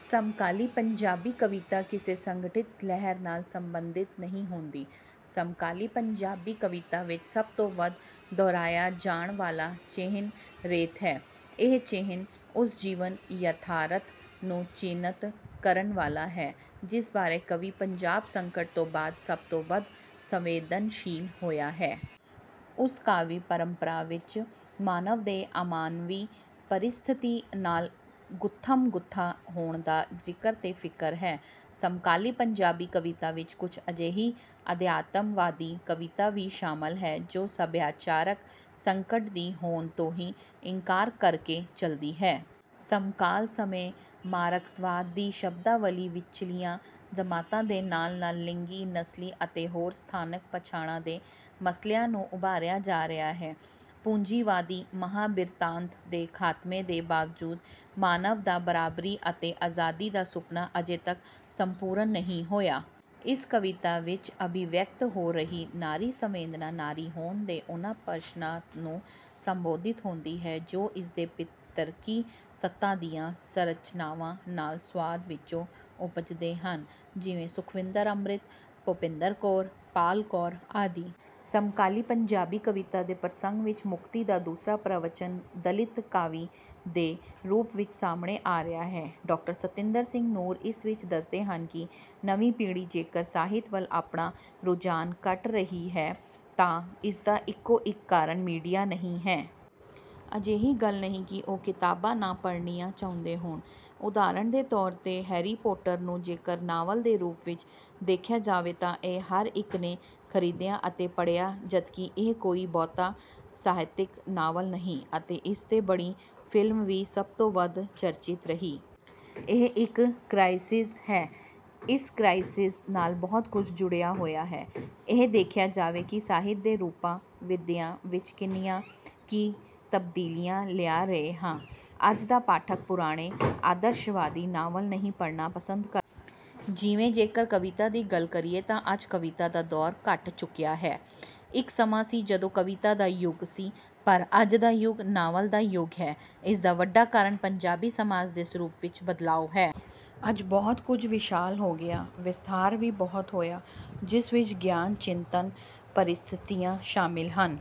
ਸਮਕਾਲੀ ਪੰਜਾਬੀ ਕਵਿਤਾ ਕਿਸੇ ਸੰਗਠਿਤ ਲਹਿਰ ਨਾਲ ਸੰਬੰਧਿਤ ਨਹੀਂ ਹੁੰਦੀ। ਸਮਕਾਲੀ ਪੰਜਾਬੀ ਕਵਿਤਾ ਵਿੱਚ ਸਭ ਤੋਂ ਵੱਧ ਦੁਹਰਾਇਆ ਜਾਣ ਵਾਲਾ ਚਿਹਨ 'ਰੇਤ' ਹੈ। ਇਹ ਚਿਹਨ ਉਸ ਜੀਵਨ- ਯਥਾਰਥ ਨੂੰ ਚਿਹਨਤ ਕਰਨ ਵਾਲਾ ਹੈ ਜਿਸ ਬਾਰੇ ਕਵੀ ਪੰਜਾਬ ਸੰਕਟ ਤੋਂ ਬਾਅਦ ਸਭ ਤੋਂ ਵੱਧ ਸੰਵੇਦਨਸ਼ੀਲ ਹੋਇਆ ਹੈ। ਉਸ ਕਾਵਿ ਪਰੰਪਰਾ ਵਿੱਚ ਮਾਨਵ ਦੇ ਅਮਾਨਵੀ ਪਰਿਸਥਿਤੀ ਨਾਲ ਗੁੱਥਮ-ਗੁੱਥਾ ਹੋਣ ਦਾ ਜ਼ਿਕਰ ਤੇ ਫਿਕਰ ਹੈ। ਸਮਕਾਲੀ ਪੰਜਾਬੀ ਕਵਿਤਾ ਵਿੱਚ ਕੁਝ ਅਜਿਹੀ ਅਧਿਆਤਮਵਾਦੀ ਕਵਿਤਾ ਵੀ ਸ਼ਾਮਲ ਹੈ ਜੋ ਸਭਿਆਚਾਰਕ ਸੰਕਟ ਦੀ ਹੋਂਦ ਤੋਂ ਹੀ ਇਨਕਾਰ ਕਰਕੇ ਚਲਦੀ ਹੈ। ਸਮਕਾਲ ਸਮੇਂ ਮਾਰਕਸਵਾਦ ਦੀ ਸ਼ਬਦਾਵਲੀ ਵਿਚਲੀਆਂ ਜਮਾਤਾਂ ਦੇ ਨਾਲ ਨਾਲ ਲਿੰਗੀ, ਨਸਲੀ ਅਤੇ ਹੋਰ ਸਥਾਨਕ ਪਛਾਣਾਂ ਦੇ ਮਸਲਿਆਂ ਨੂੰ ਉਭਾਰਿਆ ਜਾ ਰਿਹਾ ਹੈ। ਪੂੰਜੀਵਾਦੀ ਮਹਾਂਬਿਰਤਾਂਤ ਦੇ ਖ਼ਾਤਮੇ ਦੇ ਬਾਵਜੂਦ ਮਾਨਵ ਦਾ ਬਰਾਬਰੀ ਅਤੇ ਅਜ਼ਾਦੀ ਦਾ ਸੁਪਨਾ ਅਜੇ ਤੱਕ ਸੰਪੂਰਨ ਨਹੀਂ ਹੋਇਆ। ਇਸ ਕਵਿਤਾ ਵਿੱਚ ਅਭਿਵਿਅਕਤ ਹੋ ਰਹੀ ਨਾਰੀ ਸੰਵੇਦਨਾ, ਨਾਰੀ ਹੋਂਦ ਦੇ ਉਹਨਾਂ ਪ੍ਰਸ਼ਨਾਂ ਨੂੰ ਸੰਬੋਧਿਤ ਹੁੰਦੀ ਹੈ ਜੋ ਇਸਦੇ ਪਿਤਰਕੀ ਸੱਤਾ ਦੀਆਂ ਸੰਰਚਨਾਵਾਂ ਨਾਲ ਸੰਵਾਦ ਵਿਚੋਂ ਉਪਜਦੇ ਹਨ। ਜਿਵੇਂ ਸੁਖਵਿੰਦਰ ਅੰਮਿ੍ਤ, ਭੁਪਿੰਦਰ ਕੌਰ, ਪਾਲ ਕੌਰ ਆਦਿ। ਸਮਕਾਲੀ ਪੰਜਾਬੀ ਕਵਿਤਾ ਦੇ ਪ੍ਰਸੰਗ ਵਿੱਚ ਮੁਕਤੀ ਦਾ ਦੂਸਰਾ ਪ੍ਰਵਚਨ ਦਲਿਤ-ਕਾਵਿ ਦੇ ਰੂਪ ਵਿੱਚ ਸਾਹਮਣੇ ਆ ਰਿਹਾ ਹੈ। ਡਾ. ਸਤਿੰਦਰ ਸਿੰਘ ਨੂਰ ਇਸ ਵਿੱਚ ਦੱਸਦੇ ਹਨ ਕਿ ਨਵੀਂ ਪੀੜ੍ਹੀ ਜੇਕਰ ਸਾਹਿਤ ਵੱਲ ਆਪਣਾ ਰੁਝਾਨ ਘੱਟ ਕਰ ਰਹੀ ਹੈ ਤਾਂ ਇਸਦਾ ਇੱਕੋ ਇਕ ਕਾਰਨ ਮੀਡੀਆ ਨਹੀਂ ਹੈ। ਅਜਿਹੀ ਗੱਲ ਨਹੀਂ ਕਿ ਉਹ ਕਿਤਾਬਾਂ ਨਾ ਪੜ੍ਹਨੀਆਂ ਚਾਹੁੰਦੇ ਹੋਣ। ਉਦਾਹਰਣ ਦੇ ਤੌਰ ਤੇ 'ਹੈਰੀ ਪੋਟਰ' ਨੂੰ ਜੇਕਰ ਨਾਵਲ ਦੇ ਰੂਪ ਵਿੱਚ ਦੇਖਿਆ ਜਾਵੇ ਤਾਂ ਇਹ ਹਰ ਇਕ ਨੇ ਖ਼ਰੀਦਿਆ ਅਤੇ ਪੜ੍ਹਿਆ ਜਦਕਿ ਇਹ ਕੋਈ ਬਹੁਤਾ ਸਾਹਿਤਕ ਨਾਵਲ ਨਹੀਂ ਅਤੇ ਇਸਤੇ ਬਣੀ ਫ਼ਿਲਮ ਵੀ ਸਭ ਤੋਂ ਵੱਧ ਚਰਚਿਤ ਰਹੀ। ਇਹ ਇਕ ਕ੍ਰਾਈਸਿਜ਼ ਹੈ। ਇਸ ਕ੍ਰਾਈਸਿਜ਼ ਨਾਲ ਬਹੁਤ ਕੁਝ ਜੁੜਿਆ ਹੋਇਆ ਹੈ। ਇਹ ਦੇਖਿਆ ਜਾਵੇ ਕਿ ਸਾਹਿਤ ਦੇ ਰੂਪਾਂ/ ਵਿਧੀਆਂ ਵਿੱਚ ਕਿੰਨੀਆਂ ਕਿ ਤਬਦੀਲੀਆਂ ਲਿਆ ਰਹੇ ਹਾਂ। ਅੱਜ ਦਾ ਪਾਠਕ ਪੁਰਾਣੇ ਆਦਰਸ਼ਵਾਦੀ ਨਾਵਲ ਨਹੀਂ ਪੜ੍ਹਨਾ ਪਸੰਦ ਕਰਦਾ। ਜਿਵੇਂ ਜੇਕਰ ਕਵਿਤਾ ਦੀ ਗੱਲ ਕਰੀਏ ਤਾਂ ਅੱਜ ਕਵਿਤਾ ਦਾ ਦੌਰ ਘਟ ਚੁੱਕਿਆ ਹੈ। ਇਕ ਸਮਾਂ ਸੀ ਜਦੋਂ ਕਵਿਤਾ ਦਾ ਯੁਗ ਸੀ। ਪਰ ਅੱਜ ਦਾ ਯੁਗ ਨਾਵਲ ਦਾ ਯੁਗ ਹੈ। ਇਸਦਾ ਵੱਡਾ ਕਾਰਨ ਪੰਜਾਬੀ ਸਮਾਜ ਦੇ ਸਰੂਪ ਵਿੱਚ ਬਦਲਾਅ ਹੈ। ਅੱਜ ਬਹੁਤ ਕੁਝ ਵਿਸ਼ਾਲ ਹੋ ਗਿਆ। ਵਿਸਥਾਰ ਵੀ ਬਹੁਤ ਹੋਇਆ ਜਿਸ ਵਿੱਚ ਗਿਆਨ, ਚਿੰਤਨ, ਪਰਿਸਥਿਤੀਆਂ ਸ਼ਾਮਿਲ ਹਨ।